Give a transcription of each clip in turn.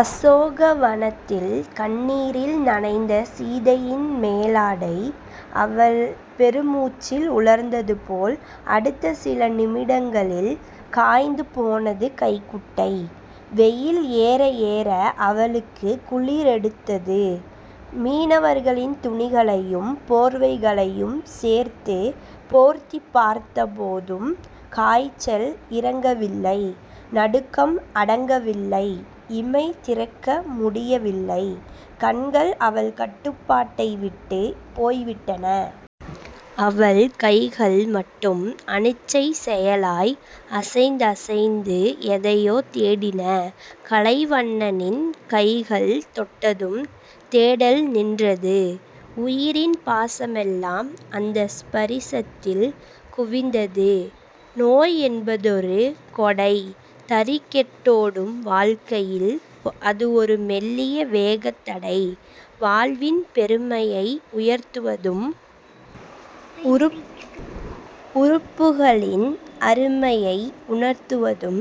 அசோகவனத்தில் கண்ணீரில் நனைந்த சீதையின் மேலாடை அவள் பெருமுச்சில் உலர்ந்ததுபோல், அடுத்த சில நிமிடங்களில் காய்ந்துபோனது கைக்குட்டை. வெயில் ஏறஏற அவளுக்குக் குளிரெடுத்தது. மீனவர்களின் துணிகளையும் போர்வைகளையும் சேர்த்துப் போர்த்திப் பார்த்தபோதும் காய்ச்சல் இறங்கவில்லை. நடுக்கம் அடங்கவில்லை. இமை திறக்க முடியவில்லை. கண்கள் அவள் கட்டுப்பாட்டைவிட்டுப் போய்விட்டன. அவள் கைகள் மட்டும் அனிச்சைச் செயலாய் அசைந்தசைந்து எதையோ தேடின. கலைவண்ணனின் கைகள் தொட்டதும் தேடல் நின்றது. உயிரின் பாசமெல்லாம் அந்த ஸபரிசத்தில் குவிந்தது. நோய் என்பதொரு கொடை. தறிகெட்டோ டும் வாழ்க்கையில் அது ஒரு மெல்லிய வேகத்தடை. வாழ்வின் பெருமையை உயர்த்துவதும் உறுப்புகளின் அருமையை உணர்த்துவதும்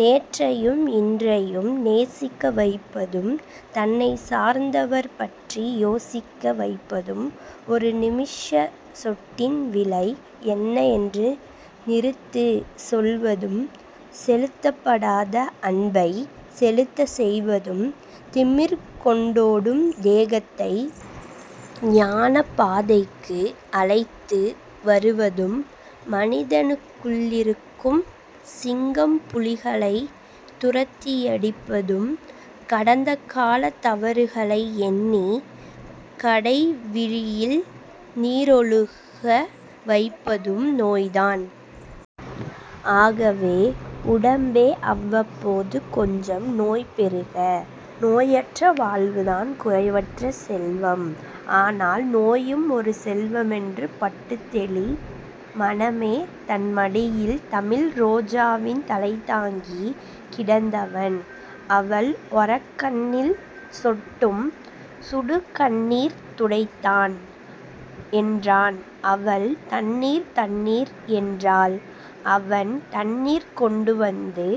நேற்றையும் இன்றையும் நேசிக்க வைப்பதும் தன்னைச் சார்ந்தவர்பற்றி யோசிக்க வைப்பதும் ஒரு நிமிஷச்சொட்டின் விலை என்ன என்று நிறுத்துச் சொல்வதும் செலுத்தப்படாத அன்பைச் செலுத்தச் செய்வதும் திமிர் கொண்டோ டும் தேகத்தை ஞானப்பாதைக்கு அழைத்து வருவதும் மனிதனுக்குள்ளிருக்கும் சிங்கம்புலிகளைத் துரத்தியடிப்பதும் கடந்தகாலத் தவறுகளை எண்ணிக் கடைவிழியில் நீரொழுக வைப்பதும் நோய்தான். ஆகவே உடம்பே. அவ்வப்போது கொஞ்சம் நோய் பெறுக. நோயற்ற வாழ்வுதான் குறைவற்ற செல்வம். ஆனால் நோயும் ஒரு செல்வமென்று பட்டுத்தெளி, மனமே. தன்மடியில் தமிழ்ரோஜாவின் தலைதாங்கிக் கிடந்தவன், அவள் ஒரக்கண்ணில் சொட்டும் சுடுகண்ணீர் துடைத்தான். என்றான். அவள், தண்ணீர். தண்ணீர். என்றாள். அவன் தண்ணீர் கொண்டுவந்து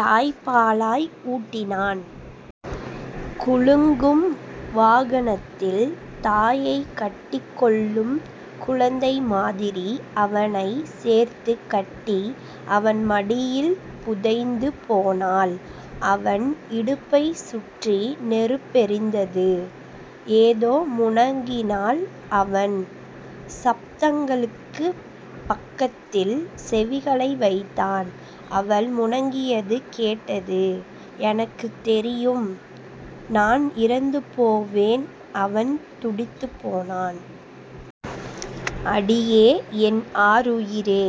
தாய்ப்பாலாய் ஊட்டினான். குலுங்கும் வாகனத்தில் தாயைக்கட்டிக் கொள்ளும் குழந்தைமாதிரி அவனைச் சேர்த்துக் கட்டி, அவன் மடியில் புதைந்து போனாள். அவன் இடுப்பைச் சுற்றி நெருப்பெரிந்தது. ஏதோ முனகினாள். அவன் சப்தங்களுக்குப் பக்கத்தில் செவிகளை வைத்தான். அவள் முனகியது கேட்டது. எனக்குத் தெரியும், நான் இறந்துபோவேன். அவன் துடித்துப் போனான். அடியே. என் ஆருயிரே.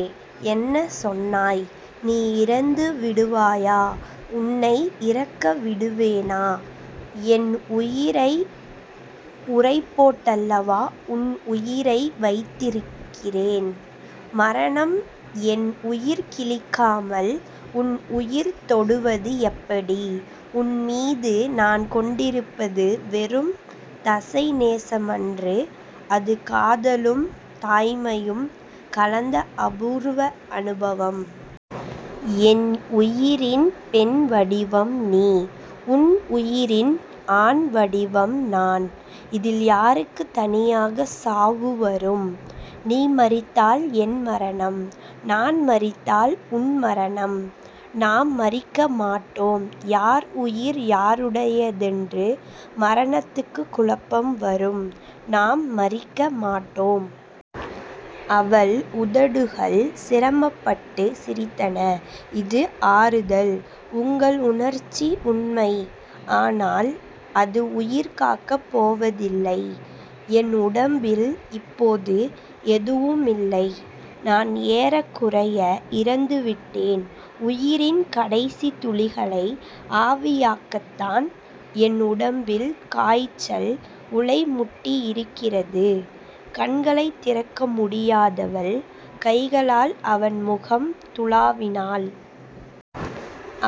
என்ன சொன்னாய்? நீ இறந்து விடுவாயா? உன்னை இறக்கவிடுவேனா? என் உயிரை உறைபோட்டல்லவா உன் உயிரை வைத்திருக்கிறேன். மரணம் என் உயிர் கிழிக்காமல் உன் உயிர் தொடுவது எப்படி? உன்மீது நான் கொண்டிருப்பது வெறும் தசைநேசமன்று. அது காதலும் தாய்மையும் கலந்தஅபூர்வ அனுபவம். என் உயிரின் பெண்வடிவம் நீ. உன் உயிரின் ஆண்வடிவம் நான். இதில் யாருக்குத் தனியாகச் சாவு வரும்? நீ மரித்தால் என் மரணம். நான் மரித்தால் உன் மரணம். நாம் மரிக்கமாட்டோ ம். யார் உயிர் யாருடையதென்று மரணத்துக்குக் குழப்பம் வரும். நாம் மரிக்கமாட்டோ ம். அவள் உதடுகள் சிரமப்பட்டுச் சிரித்தன. இது ஆறுதல். உங்கள் உணர்ச்சி உண்மை. ஆனால், அது உயிர்காக்கப் போவதில்லை. என் உடம்பில் இப்போது எதுவுமில்லை. நான் ஏறக்குறைய இறந்துவிட்டேன். உயிரின் கடைசித் துளிகளை ஆவியாக்கத்தான் என் உடம்பில் காய்ச்சல் உலைமுட்டியிருக்கிறது. கண்களைத் திறக்க முடியாதவள் கைகளால் அவன் முகம் துழாவினாள்.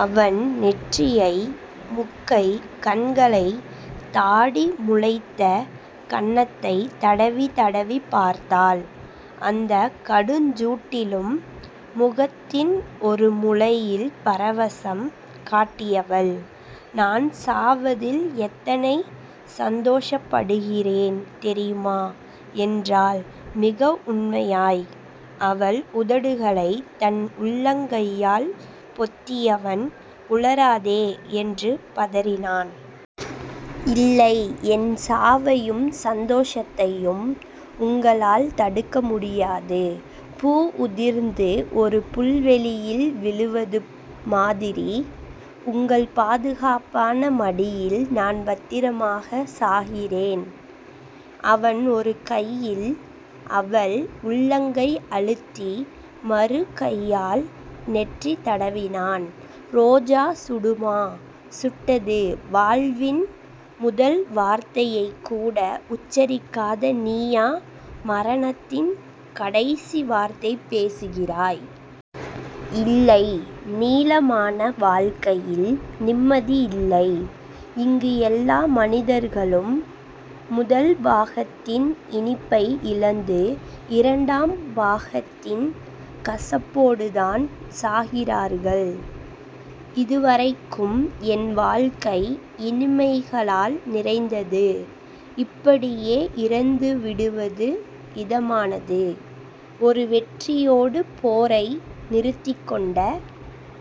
அவன் நெற்றியை, முக்கை, கண்களை, தாடி முளைத்த கன்னத்தைத் தடவித் தடவிப் பார்த்தாள். அந்தக் கடுஞ்சூட்டிலும் முகத்தின் ஒரு முலையில் பரவசம் காட்டியவள் நான் சாவதில் எத்தனை சந்தோஷப்படுகிறேன் தெரியுமா? என்றாள் மிக உண்மையாய். அவள் உதடுகளைத் தன் உள்ளங்கையால் பொத்தியவன், உளறாதே. என்று பதறினான். இல்லை. என் சாவையும், சந்தோஷத்தையும் உங்களால் தடுக்க முடியாது. பூ உதிர்ந்து ஒரு புல்வெளியில் விழுவது மாதிரி உங்கள் பாதுகாப்பான மடியில் நான் பத்திரமாகச் சாகிறேன். அவன் ஒரு கையில் அவள் உள்ளங்கை அழுத்தி மறுகையால் நெற்றி தடவினான். ரோஜா சுடுமா? சுட்டது. வாழ்வின் முதல் வார்த்தையைக்கூட உச்சரிக்காத நீயா மரணத்தின் கடைசி வார்த்தை பேசுகிறாய்? இல்லை. நீளமான வாழ்க்கையில் நிம்மதி இல்லை. இங்கு எல்லா மனிதர்களும் முதல் பாகத்தின் இனிப்பை இழந்து, இரண்டாம் பாகத்தின் கசப்போடுதான் சாகிறார்கள். இதுவரைக்கும் என் வாழ்க்கை இனிமைகளால் நிறைந்தது. இப்படியே இறந்துவிடுவது இதமானது. ஒரு வெற்றியோடு போரை நிறுத்திக்கொண்ட